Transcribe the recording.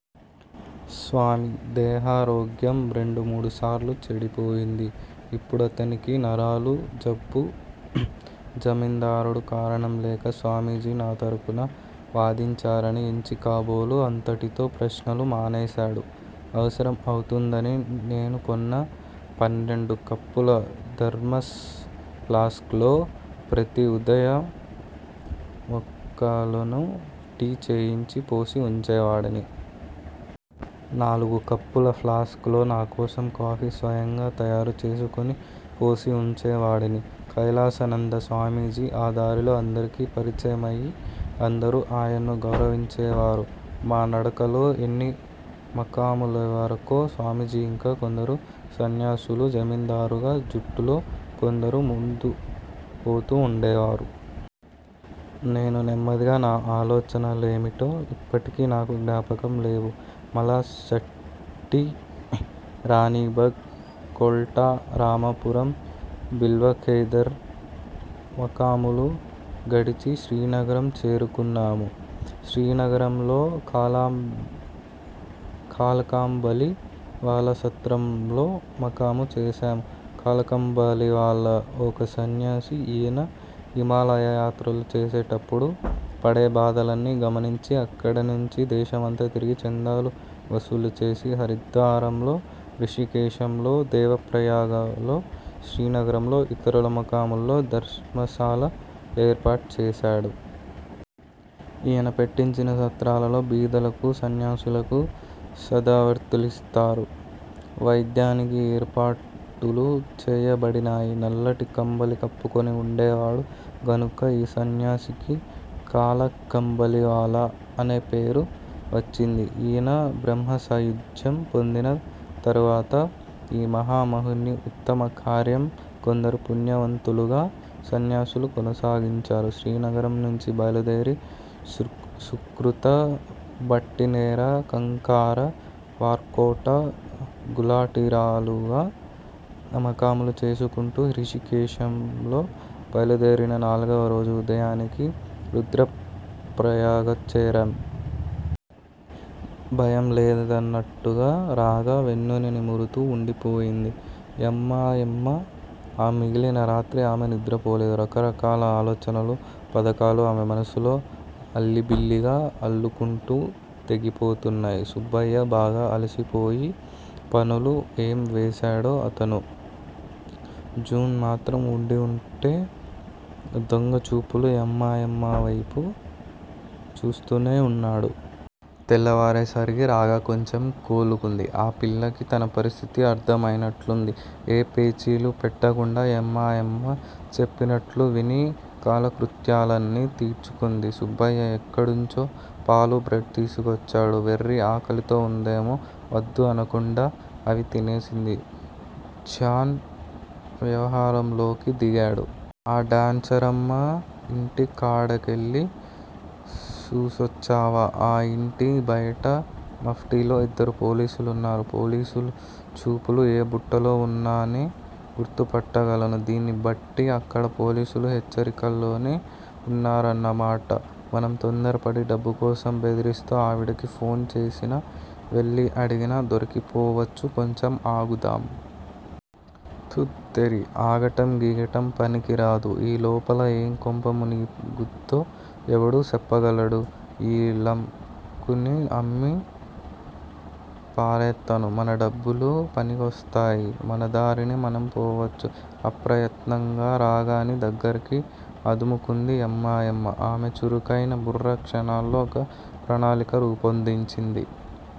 స్వామి: దేహారోగ్యం రెండుమూడుసారులు చెడిపోయింది. ఇప్పుడాతనికి నరాల జబ్బు. జమీందారుడు, కారణంలేక స్వామీజీ నా తరపున వాదించరని ఎంచి కాబోలు అంతటితో ప్రశ్నలు మానేశాడు. అవసరం అవుతుందని నేను కొన్న పన్నెండు కప్పుల ధర్మాస్ ప్లాస్క్ లో ప్రతి ఉదయ మకాములోనూ టీ చేయించి పోసి ఉంచేవాడిని. నాలుగు కప్పుల ప్లాస్క్ లో, నా కోసం కాఫీ స్వయంగా తయారుచేసుకొని పోసి ఉంచేవాడిని. కైలాసానంద స్వామీజీ ఆ దారిలో అందరికి పరిచయయే అందరు ఆయన్ను గౌరవించేవారు. మా నడకలో ఎన్ని మకాములవరకో స్వామీజీ ఇంకా కొందరు సన్యాసులూ, జమీందారుగారి జట్టులో కొందరూ ముందుపోతూ ఉండేవారు. నేను నెమ్మదిగా నా ఆలోచన లేమిటో ఇప్పటికీ నాకు జ్ఞాపకం లేవు. మలాస్ చట్టీ, రాణీబాగ్, కొల్టా, రామాపురం, బిల్వకేదార్ మకాములు గడిచి శ్రీనగరం చేరుకున్నాము. శ్రీనగరంలో కాలాకంబళీ వాలా సత్రంలో మకాము చేశాము. కలాకంబళీవాలా ఒక సన్యాసి. ఈయన హిమాలయ యాత్రలు చేసేటప్పుడు పడేభాదల్ని గమనించి, అక్కడినుంచి దేశమంతా తిరిగి చందాలు వసూలుచేసి, హరిద్వారంలో, హృషీకేశంలో, దేవప్రయాగలో, శ్రీనగరంలో, ఇతర మకాములలో ధర్మశాల లేర్పాటు చేశాడు. ఈయన పెట్టించిన సత్రాలలో బీదలకు, సన్యాసులకు సదావర్తులిస్తారు. వైద్యానికీ ఏర్పాటులు చేయబడినాయి. నల్లటి కంబళీ కప్పుకుని ఉండేవాడు గనుక ఈ సన్యాసికి కాలాకంబళీవాలా అని పేరు వచ్చింది. ఈయన బ్రహ్మసాయుజ్యం పొందిన తరువాత, ఈ మహామహుని ఉత్తమకార్యం కొందరు పుణ్యవంతులగు సన్యాసులు కొనసాగించారు. శ్రీనగరంనుంచి బయలుదేరి సుకృత, భట్టినేర, కంకార, వార్కోట, గులాటిరాలులు మకాములు చేసుకుంటూ హృషీకేశంలో బయలుదేరిన నాల్గవరోజు ఉదయానికి రుద్రప్రయాగచేరాం. భయం లేదన్నట్లు రాగ వెన్నుని నిమురుతూ వుండిపోయింది యమ్మాయమ్మ ఆ మిగిలిన రాత్రి ఆమె నిద్ర పోలేడు. రకరకాల ఆలోచనలు పధకాలు ఆమె మనమ్సులో అల్లిబిల్లిగా అల్లుకుంటూ తెగిపోతున్నాయి. సుబ్బయ్య బాగా అలిసిపోయే పనులు ఏం వేశాడో అతను. జాన్ మాత్రం వుండుండి దొంగచూపులు యమ్మాయమ్మ వేపు చూస్తూనే వున్నాడు. తెల్లావారే సరిగి రాగ కొంచెం కోలుకుంది. ఆ పిల్లకి తన పరిస్థితి అర్ధమైనట్లుంది. ఏ పేచీలు పెట్టకుండా యమ్మాయమ్మ చెప్పినట్లు విని కాలకృత్యాలన్ని తీర్చుకుంది. సుబ్బయ్య ఎక్కడ్నుంచో పాలు బ్రెడ్ తీసుకొచ్చాడు. వెర్రి ఆకలితో వుందేమో వద్దు అనకుండా అవి తినేసింది. జాన్ వ్యవహారంలోకి దిగాడు. ఆ డాన్సరమ్మ ఇంటికాడకెళ్ళి సూసోచ్చావా? ఆ! ఇంటి బయట మఫ్టిలో యిద్దరూ పోలీసులున్నారు పోలీసుచూపులు ఏ బుట్టలో వున్నానే గుర్తుపట్టగలను. దీన్ని బట్టి అక్కడ పోలీసులు హెచ్చరికలోనే వున్నారన్నమాట. మనం తొందరపడి డబ్బు కోసం బెదిరిస్తూ ఆవిడకి ఫోన్ చేసినా, వెళ్ళీ అడిగినా దొరికిపోవచ్చు కొంచెం ఆగుదాం. ధూత్తేరి! ఆగటం గిగటం పనికి రాదు. ఈ లోపల ఏం కొంప మునుగుద్దో ఎవడు సేప్పగలడు? ఈ లం కూనని అమ్మి పారేత్తాను. మన డబ్బులు మనకొస్తాయి. మనదారిని మనం పోవచ్చు. ఆప్రయత్నంగా రాగని దగ్గరికి అదుముకుంది యమ్మాయమ్మ ఆమె చురుకైన బుర్ర క్షణాలలో ఒక ప్రణాళిక రూపొందించింది.